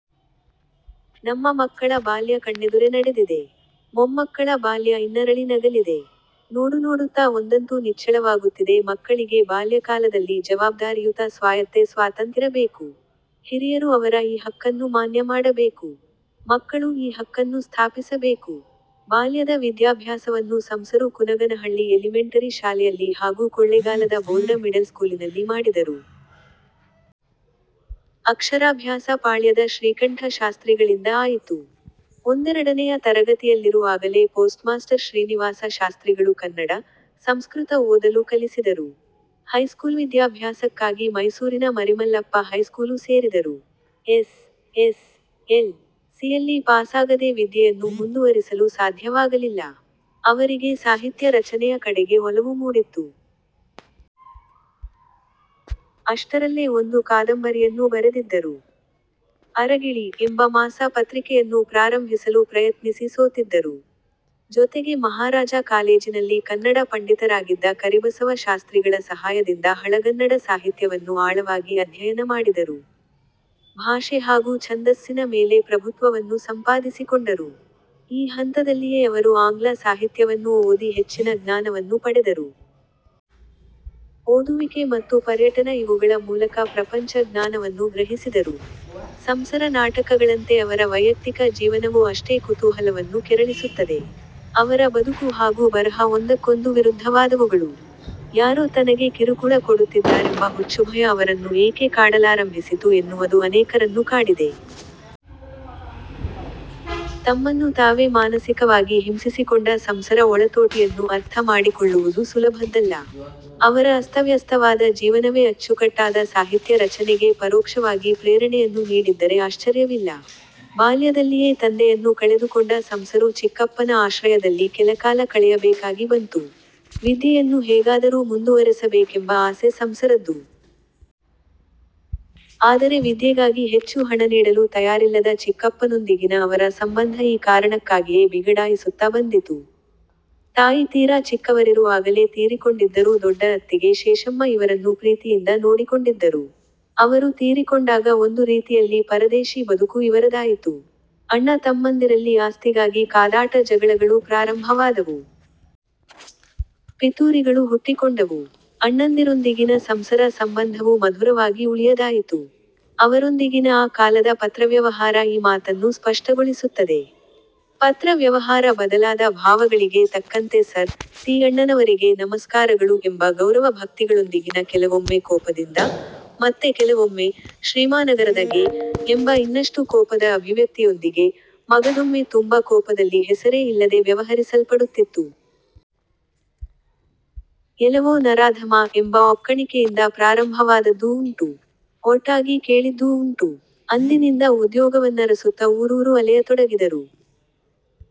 ನಮ್ಮ ಮಕ್ಕಳ ಬಾಲ್ಯ ಕಣ್ಣೆದುರೆ ನಡೆದಿದೆ. ಮೊಮ್ಮಕ್ಕಳ ಬಾಲ್ಯ ಇನ್ನರಳಿ ನಗಲಿದೆ. ನೋಡುನೋಡುತ್ತಾ ಒಂದಂತೂ ನಿಚ್ಚಳವಾಗುತ್ತಿದೆ ಮಕ್ಕಳಿಗೆ ಬಾಲ್ಯಕಾಲದಲ್ಲಿ ಜವಾಬ್ದಾರಿಯುತ ಸ್ವಾಯತ್ತೆ-ಸ್ವಾತಂತ್ಯ್ರ ಬೇಕು. ಹಿರಿಯರು ಅವರ ಈ ಹಕ್ಕನ್ನು ಮಾನ್ಯಮಾಡಬೇಕು. ಮಕ್ಕಳು ಈ ಹಕ್ಕನ್ನು ಸ್ಥಾಪಿಸಬೇಕು. ಬಾಲ್ಯದ ವಿದ್ಯಾಭ್ಯಾಸವನ್ನು ಸಂಸರು ಕುನಗನಹಳ್ಳಿ ಎಲಿಮೆಂಟರಿ ಶಾಲೆಯಲ್ಲಿ ಹಾಗೂ ಕೊಳ್ಳೆಗಾಲದ ಬೋರ್ಡ ಮಿಡಲ್ಸ್ಕೂಲಿನಲ್ಲಿ ಮಾಡಿದರು. ಅಕ್ಷರಾಭ್ಯಾಸ ಪಾಳ್ಯದ ಶ್ರೀಕಂಠ ಶಾಸ್ತ್ರಿಗಳಿಂದ ಆಯಿತು. ಒಂದೆರಡನೆಯ ತರಗತಿಯಲ್ಲಿರುವಾಗಲೇ ಪೋಸ್ಟ್ಮಾಸ್ಟರ್ ಶ್ರೀನಿವಾಸ ಶಾಸ್ತ್ರಿಗಳು ಕನ್ನಡ, ಸಂಸ್ಕೃತ ಓದಲು ಕಲಿಸಿದರು. ಹೈಸ್ಕೂಲ್ವಿದ್ಯಾಭ್ಯಾಸಕ್ಕಾಗಿ ಮೈಸೂರಿನ ಮರಿಮಲ್ಲಪ್ಪ ಹೈಸ್ಕೂಲು ಸೇರಿದರು. ಎಸ್. ಎಸ್. ಎಲ್. ಸಿಯಲ್ಲಿ ಪಾಸಾಗದೇ ವಿದ್ಯೆಯನ್ನು ಮುಂದುವರಿಸಲು ಸಾಧ್ಯವಾಗಲಿಲ್ಲ. ಅವರಿಗೆ ಸಾಹಿತ್ಯ ರಚನೆಯ ಕಡೆಗೆ ಒಲವು ಮೂಡಿತ್ತು. ಅಷ್ಟರಲ್ಲೇ ಒಂದು ಕಾದಂಬರಿಯನ್ನೂ ಬರೆದಿದ್ದರು. 'ಅರಗಿಳಿ' ಎಂಬ ಮಾಸ ಪತ್ರಿಕೆಯನ್ನು ಪ್ರಾರಂಭಿಸಲು ಪ್ರಯತ್ನಿಸಿ ಸೋತಿದ್ದರು. ಜೊತೆಗೆ ಮಹಾರಾಜಾ ಕಾಲೇಜಿನಲ್ಲಿ ಕನ್ನಡ ಪಂಡಿತರಾಗಿದ್ದ ಕರಿಬಸವ ಶಾಸ್ತ್ರಿಗಳ ಸಹಾಯದಿಂದ ಹಳಗನ್ನಡ ಸಾಹಿತ್ಯವನ್ನು ಆಳವಾಗಿ ಅಧ್ಯಯನ ಮಾಡಿದರು. ಭಾಷೆ ಹಾಗೂ ಛಂದಸ್ಸಿನ ಮೇಲೆ ಪ್ರಭುತ್ವವನ್ನು ಸಂಪಾದಿಸಿಕೊಂಡರು. ಈ ಹಂತದಲ್ಲಿಯೇ ಅವರು ಆಂಗ್ಲ ಸಾಹಿತ್ಯವನ್ನೂ ಓದಿ ಹೆಚ್ಚಿನ ಜ್ಞಾನವನ್ನು ಪಡೆದರು. ಓದುವಿಕೆ ಮತ್ತು ಪರ್ಯಟನ ಇವುಗಳ ಮೂಲಕ ಪ್ರಪಂಚ ಜ್ಞಾನವನ್ನು ಗ್ರಹಿಸಿದರು. ಸಂಸರ ನಾಟಕಗಳಂತೆ ಅವರ ವೈಯಕ್ತಿಕ ಜೀವನವೂ ಅಷ್ಟೇ ಕುತೂಹಲವನ್ನು ಕೆರಳಿಸುತ್ತದೆ. ಅವರ ಬದುಕು ಹಾಗೂ ಬರಹ ಒಂದಕ್ಕೊಂದು ವಿರುದ್ಧವಾದವುಗಳು. ಯಾರೋ ತನಗೆ ಕಿರುಕುಳ ಕೊಡುತ್ತಿದ್ದಾರೆಂಬ ಹುಚ್ಚುಭಯ ಅವರನ್ನು ಏಕೆ ಕಾಡಲಾರಂಭಿಸಿತು ಎನ್ನುವದು ಅನೇಕರನ್ನು ಕಾಡಿದೆ. ತಮ್ಮನ್ನು ತಾವೇ ಮಾನಸಿಕವಾಗಿ ಹಿಂಸಿಸಿಕೊಂಡ ಸಂಸರ ಒಳತೋಟಿಯನ್ನು ಅರ್ಥ ಮಾಡಿಕೊಳ್ಳುವುದು ಸುಲಭದ್ದಲ್ಲ. ಅವರ ಅಸ್ತವ್ಯಸ್ತವಾದ ಜೀವನವೇ ಅಚ್ಚುಕಟ್ಟಾದ ಸಾಹಿತ್ಯ ರಚನೆಗೆ ಪರೋಕ್ಷವಾಗಿ ಪ್ರೇರಣೆಯನ್ನು ನೀಡಿದ್ದರೆ ಆಶ್ಚರ್ಯವಿಲ್ಲ. ಬಾಲ್ಯದಲ್ಲಿಯೇ ತಂದೆಯನ್ನು ಕಳೆದುಕೊಂಡ ಸಂಸರು ಚಿಕ್ಕಪ್ಪನ ಆಶ್ರಯದಲ್ಲಿ ಕೆಲಕಾಲ ಕಳೆಯಬೇಕಾಗಿ ಬಂತು. ವಿದ್ಯೆಯನ್ನು ಹೇಗಾದರೂ ಮುಂದುವರೆಸಬೇಕೆಂಬ ಆಸೆ ಸಂಸರದ್ದು. ಆದರೆ ವಿದ್ಯೆಗಾಗಿ ಹೆಚ್ಚು ಹಣನೀಡಲು ತಯಾರಿಲ್ಲದ ಚಿಕ್ಕಪ್ಪನೊಂದಿಗಿನ ಅವರ ಸಂಬಂಧ ಈ ಕಾರಣಕ್ಕಾಗಿಯೇ ಬಿಗಡಾಯಿಸುತ್ತ ಬಂದಿತು. ತಾಯಿ ತೀರಾ ಚಿಕ್ಕವರಿರುವಾಗಲೇ ತೀರಿಕೊಂಡಿದ್ದರೂ ದೊಡ್ಡ ಅತ್ತಿಗೆ ಶೇಷಮ್ಮ ಇವರನ್ನು ಪ್ರೀತಿಯಿಂದ ನೋಡಿಕೊಂಡಿದ್ದರು. ಅವರು ತೀರಿಕೊಂಡಾಗ ಒಂದು ರೀತಿಯಲ್ಲಿ ಪರದೇಶಿ ಬದುಕು ಇವರದಾಯಿತು. ಅಣ್ಣ ತಮ್ಮಂದಿರಲ್ಲಿ ಆಸ್ತಿಗಾಗಿ ಕಾದಾಟ ಜಗಳಗಳೂ ಪ್ರಾರಂಭವಾದವು. ಪಿತೂರಿಗಳು ಹುಟ್ಟಿಕೊಂಡವು. ಅಣ್ಣಂದಿರೊಂದಿಗಿನ ಸಂಸರ ಸಂಬಂಧವು ಮಧುರವಾಗಿ ಉಳಿಯದಾಯಿತು. ಅವರೊಂದಿಗಿನ ಆ ಕಾಲದ ಪತ್ರವ್ಯವಹಾರ ಈ ಮಾತನ್ನು ಸ್ಪಷ್ಟಗೊಳಿಸುತ್ತದೆ. ಪತ್ರ ವ್ಯವಹಾರ ಬದಲಾದ ಭಾವಗಳಿಗೆ ತಕ್ಕಂತೆ ಸರ್, ತಿ ಅಣ್ಣನವರಿಗೆ ನಮಸ್ಕಾರಗಳು ಎಂಬ ಗೌರವ ಭಕ್ತಿಗಳೊಂದಿಗಿನ ಕೆಲವೊಮ್ಮೆ ಕೋಪದಿಂದ, ಮತ್ತೆ ಕೆಲವೊಮ್ಮೆ 'ಶ್ರೀಮಾನ್ಅಗರದ ಗೆ' ಎಂಬ ಇನ್ನಷ್ಟು ಕೋಪದ ಅಭಿವ್ಯಕ್ತಿಯೊಂದಿಗೆ, ಮಗದೊಮ್ಮೆ ತುಂಬ ಕೋಪದಲ್ಲಿ ಹೆಸರೇ ಇಲ್ಲದೆ ವ್ಯವಹರಿಸಲ್ಪಡುತ್ತಿತ್ತು. 'ಎಲವೋ ನರಾಧಮಾ' ಎಂಬ ಒಕ್ಕಣಿಕೆಯಿಂದ ಪ್ರಾರಂಭವಾದದ್ದೂ ಉಂಟು. ಒರಟಾಗಿ ಕೇಳಿದ್ದೂ ಉಂಟು. ಅಂದಿನಿಂದ ಉದ್ಯೋಗವನ್ನರಸುತ್ತ ಊರೂರು ಅಲೆಯತೊಡಗಿದರು.